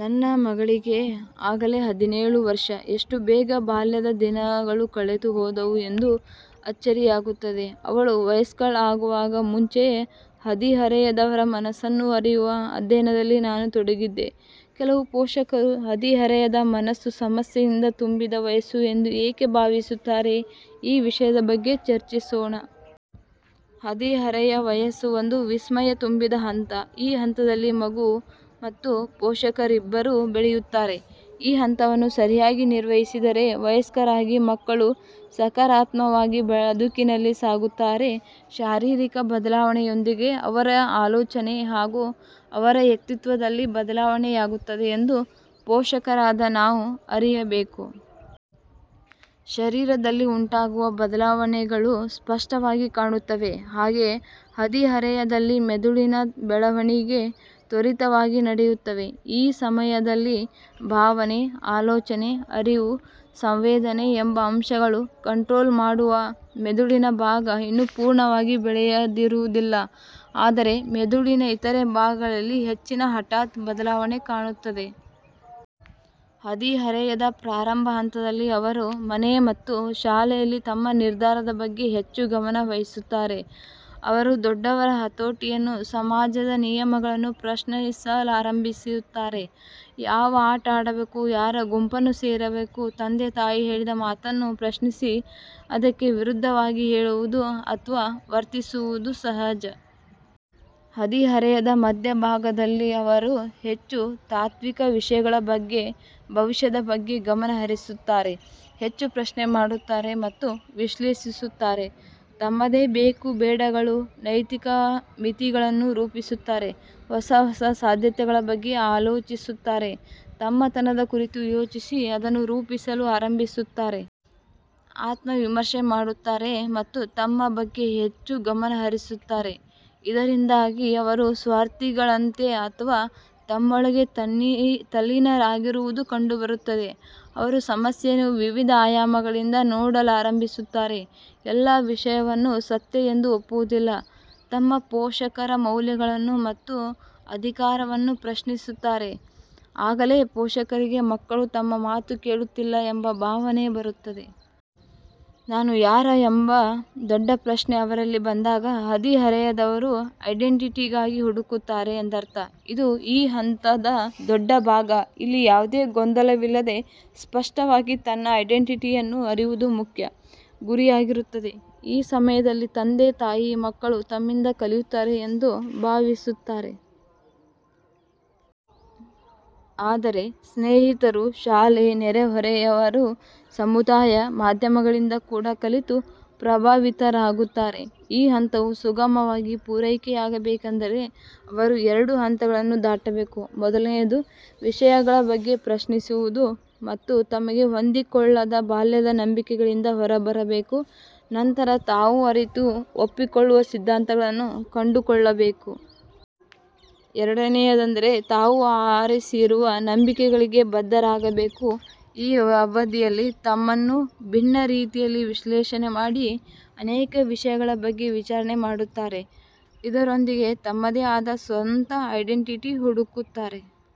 ನನ್ನ ಮಗಳಿಗೆ ಆಗಲೇ ಹದಿನೇಳು ವರ್ಷ. ಎಷ್ಟು ಬೇಗ ಬಾಲ್ಯದ ದಿನಗಳು ಕಳೆದು ಹೋದವು ಎಂದು ಅಚ್ಚರಿಯಾಗುತ್ತದೆ. ಅವಳು ವಯಸ್ಕಳಾಗುವಾಗ ಮುಂಚೆಯೇ ಹದಿಹರೆಯದವರ ಮನಸ್ಸನ್ನು ಅರಿಯುವ ಅಧ್ಯಯನದಲ್ಲಿ ನಾನು ತೊಡಗಿದ್ದೆ. ಕೆಲವು ಪೋಷಕರು ಹದಿಹರೆಯದ ವಯಸ್ಸು ಸಮಸ್ಯೆಯಿಂದ ತುಂಬಿದ ವಯಸ್ಸು ಎಂದು ಏಕೆ ಭಾವಿಸುತ್ತಾರೆ? ಈ ವಿಷಯದ ಬಗ್ಗೆ ಚರ್ಚಿಸೋಣ. ಹದಿಹರೆಯ ವಯಸ್ಸು ಒಂದು ವಿಸ್ಮಯ ತುಂಬಿದ ಹಂತ. ಈ ಹಂತದಲ್ಲಿ ಮಗು ಮತ್ತು ಪೋಷಕರಿಬ್ಬರೂ ಬೆಳೆಯುತ್ತಾರೆ. ಈ ಹಂತವನ್ನು ಸರಿಯಾಗಿ ನಿರ್ವಹಿಸಿದರೆ, ವಯಸ್ಕರಾಗಿ ಮಕ್ಕಳು ಸಾಕಾರಾತ್ಮವಾಗಿ ಬದುಕಿನಲ್ಲಿ ಸಾಗುತ್ತಾರೆ. ಶಾರೀರಿಕ ಬದಲಾವಣೆಯೊಂದಿಗೆ ಅವರ ಆಲೋಚನೆ ಹಾಗೂ ಅವರ ವ್ಯಕ್ತಿತ್ವದಲ್ಲಿ ಬದಲಾವಣೆ ಯಾಗುತ್ತದೆ ಎಂದು ಪೋಷಕರಾದ ನಾವು ಅರಿಯಬೇಕು. ಶರೀರಿದಲ್ಲಿ ಉಂಟಾಗುವ ಬದಲಾವಣೆಗಳು ಸ್ಪಷ್ಟವಾಗಿ ಕಾಣುತ್ತವೆ. ಹಾಗೆಯೇ ಹದಿಹರೆಯದಲ್ಲಿ ಮೆದುಳಿನ ಬೆಳವಣಿಗೆ ತ್ವರಿತಗಾಗಿ ನಡೆಯುತ್ತದೆ. ಈ ಸಮಯದಲ್ಲಿ ಭಾವನೆ, ಆಲೋಚನೆ, ಅರಿವು, ಸಂವೇದನೆ ಎಂಬ ಅಂಶಗಳನ್ನು ಕಂಟ್ರೋಲ್ ಮಾಡುವ ಮೆದುಳಿನ ಭಾಗ ಇನ್ನೂ ಪೂರ್ಣವಾಗಿ ಬೆಳೆದಿರುವುದಿಲ್ಲ. ಆದರೆ ಮೆದುಳಿನ ಇತರೆ ಭಾಗಗಳಲ್ಲಿ ಹೆಚ್ಚಿನ ಹಠಾತ್ ಬದಲಾವಣೆ ಕಾಣುತ್ತದೆ. ಹದಿಹರೆಯದ ಪ್ರಾರಂಭ ಹಂತದಲ್ಲಿ ಅವರು ಮನೆ ಮತ್ತು ಶಾಲೆಯಲ್ಲಿ ತಮ್ಮ ನಿರ್ಧಾರದ ಬಗ್ಗೆ ಹೆಚ್ಚು ಗಮನ ವಹಿಸುತ್ತಾರೆ. ಅವರು ದೊಡ್ಡವರ ಹತೋಟಿಯನ್ನು, ಸಮಾಜದ ನಿಯಮಗಳನ್ನು ಪ್ರಶ್ನಿಸಲಾರಂಭಿಸುತ್ತಾರೆ. ಯಾವ ಆಟ ಆಡಬೇಕು, ಯಾರ ಗುಂಪನ್ನು ಸೇರಬೇಕು, ತಂದೆ ತಾಯಿ ಹೇಳಿದ ಮಾತನ್ನು ಪ್ರಶ್ನಿಸಿ ಅದಕ್ಕೆ ವಿರುದ್ಧವಾಗಿ ಹೇಳುವುದು ಅಥವಾ ವರ್ತಿಸುವುದು ಸಹಜ. ಹದಿಹರೆಯದ ಮಧ್ಯ ಭಾಗದಲ್ಲಿ ಅವರು ಹೆಚ್ಚು ತಾತ್ವಿಕ ವಿಷಯಗಳ ಬಗ್ಗೆ, ಭವಿಷ್ಯದ ಬಗ್ಗೆ ಗಮನಹರಿಸುತ್ತಾರೆ. ಹೆಚ್ಚು ಪ್ರಶ್ನೆ ಮಾಡುತ್ತಾರೆ ಮತ್ತು ವಿಶ್ಲೇಷಿಸುತ್ತಾರೆ. ತಮ್ಮದೇ ಬೇಕು ಬೇಡಗಳು, ನೈತಿಕ ಮಿತಿಗಳನ್ನು ರೂಪಿಸುತ್ತಾರೆ, ಹೊಸ ಹೊಸ ಸಾಧ್ಯತೆಗಳ ಬಗ್ಗೆ ಆಲೋಚಿಸುತ್ತಾರೆ. ತಮ್ಮತನದ ಕುರಿತು ಯೋಚಿಸಿ ಅದನ್ನು ರೂಪಿಸಲು ಆರಂಭಿಸುತ್ತಾರೆ. ಆತ್ಮ ವಿಮರ್ಶೆ ಮಾಡುತ್ತಾರೆ ಮತ್ತು ತಮ್ಮ ಬಗ್ಗೆ ಹೆಚ್ಚು ಗಮನಹರಿಸುತ್ತಾರೆ. ಇದರಿಂದಾಗಿ ಅವರು ಸ್ವಾರ್ಥಿಗಳಂತೆ ಅಥವಾ ತಮ್ಮೊಳಗೆ ತಲ್ಲೀನರಾಗುವುದು ಕಂಡುಬರುತ್ತದೆ. ಅವರು ಸಮಸ್ಯೆಯನ್ನು ವಿವಿಧ ಆಯಾಮಗಳಿಂದ ನೋಡಲಾರಂಭಿಸುತ್ತಾರೆ. ಎಲ್ಲ ವಿಷಯವನ್ನು ಸತ್ಯ ಎಂದು ಒಪ್ಪುವುದಿಲ್ಲ. ತಮ್ಮ ಪೋಷಕರ ಮೌಲ್ಯಗಳನ್ನು ಮತ್ತು ಅಧಿಕಾರವನ್ನು ಪ್ರಶ್ನಿಸುತ್ತಾರೆ. ಆಗಲೇ ಪೋಷಕರಿಗೆ ಮಕ್ಕಳು ತಮ್ಮ ಮಾತು ಕೇಳುತ್ತಿಲ್ಲ ಎಂಬ ಭಾವನೆ ಬರುತ್ತದೆ. ನಾನು ಯಾರು ಎಂಬ ದೊಡ್ಡ ಪ್ರಶ್ನೆ ಅವರಲ್ಲಿ ಬಂದಾಗ ಹದಿಹರೆಯದವರು ಐಡೆಂಟಿಟಿಗಾಗಿ ಹುಡುಕುತ್ತಾರೆ ಎಂದರ್ಥ. ಇದು ಈ ಹಂತದ ದೊಡ್ಡ ಭಾಗ. ಇಲ್ಲಿ ಯಾವುದೇ ಗೊಂದಲವಿಲ್ಲದೆ ಸ್ಪಷ್ಟವಾಗಿ ತನ್ನ ಐಡೆಂಟಿಟಿಯನ್ನು ಅರಿಯುವುದು ಮುಖ್ಯ ಗುರಿಯಾಗಿರುತ್ತದೆ. ಈ ಸಮಯದಲ್ಲಿ ತಂದೆ ತಾಯಿ ಮಕ್ಕಳು ತಮ್ಮಿಂದ ಕಲಿಯುತ್ತಾರೆ ಎಂದು ಭಾವಿಸುತ್ತಾರೆ. ಆದರೆ ಸ್ನೇಹಿತರು, ಶಾಲೆ, ನೆರೆಹೊರೆಯವರು, ಸಮುದಾಯ, ಮಾಧ್ಯಮಗಳಿಂದ ಕೂಡ ಕಲಿತು ಪ್ರಭಾವಿತರಾಗುತ್ತಾರೆ. ಈ ಹಂತವು ಸುಗಮವಾಗಿ ಪೂರೈಕೆಯಾಗಬೇಕೆಂದರೆ ಅವರು ಎರಡು ಹಂತಗಳನ್ನು ದಾಟಬೇಕು. ಮೊದಲನೆಯದು, ವಿಷಯಗಳ ಬಗ್ಗೆ ಪ್ರಶ್ನಿಸುವುದು ಮತ್ತು ತಮಗೆ ಹೊಂದಿಕೊಳ್ಳದ ಬಾಲ್ಯದ ನಂಬಿಕೆಗಳಿಂದ ಹೊರಬರಬೇಕು. ನಂತರ ತಾವು ಅರಿತು ಒಪ್ಪಿಕೊಳ್ಳುವ ಸಿದ್ದಾಂತಗಳನ್ನು ಕಂಡುಕೊಳ್ಳಬೇಕು. ಎರಡನೆಯದೆಂದರೆ, ತಾವು ಆರಿಸಿರುವ ನಂಬಿಕೆಗಳಿಗೆ ಬದ್ಧರಾಗಬೇಕು. ಈ ಅವಧಿಯಲ್ಲಿ ತಮ್ಮನ್ನು ಭಿನ್ನ ರೀತಿಯಲ್ಲಿ ವಿಶ್ಲೇಷಣೆ ಮಾಡಿ ಅನೇಕ ವಿಷಯಗಳ ಬಗ್ಗೆ ವಿಚಾರಣೆ ಮಾಡುತ್ತಾರೆ. ಇದರೊಂದಿಗೆ ತಮ್ಮದೇ ಆದ ಸ್ವಂತ ಐಡೆಂಟಿಟೀ ಹುಡುಕುತ್ತಾರೆ.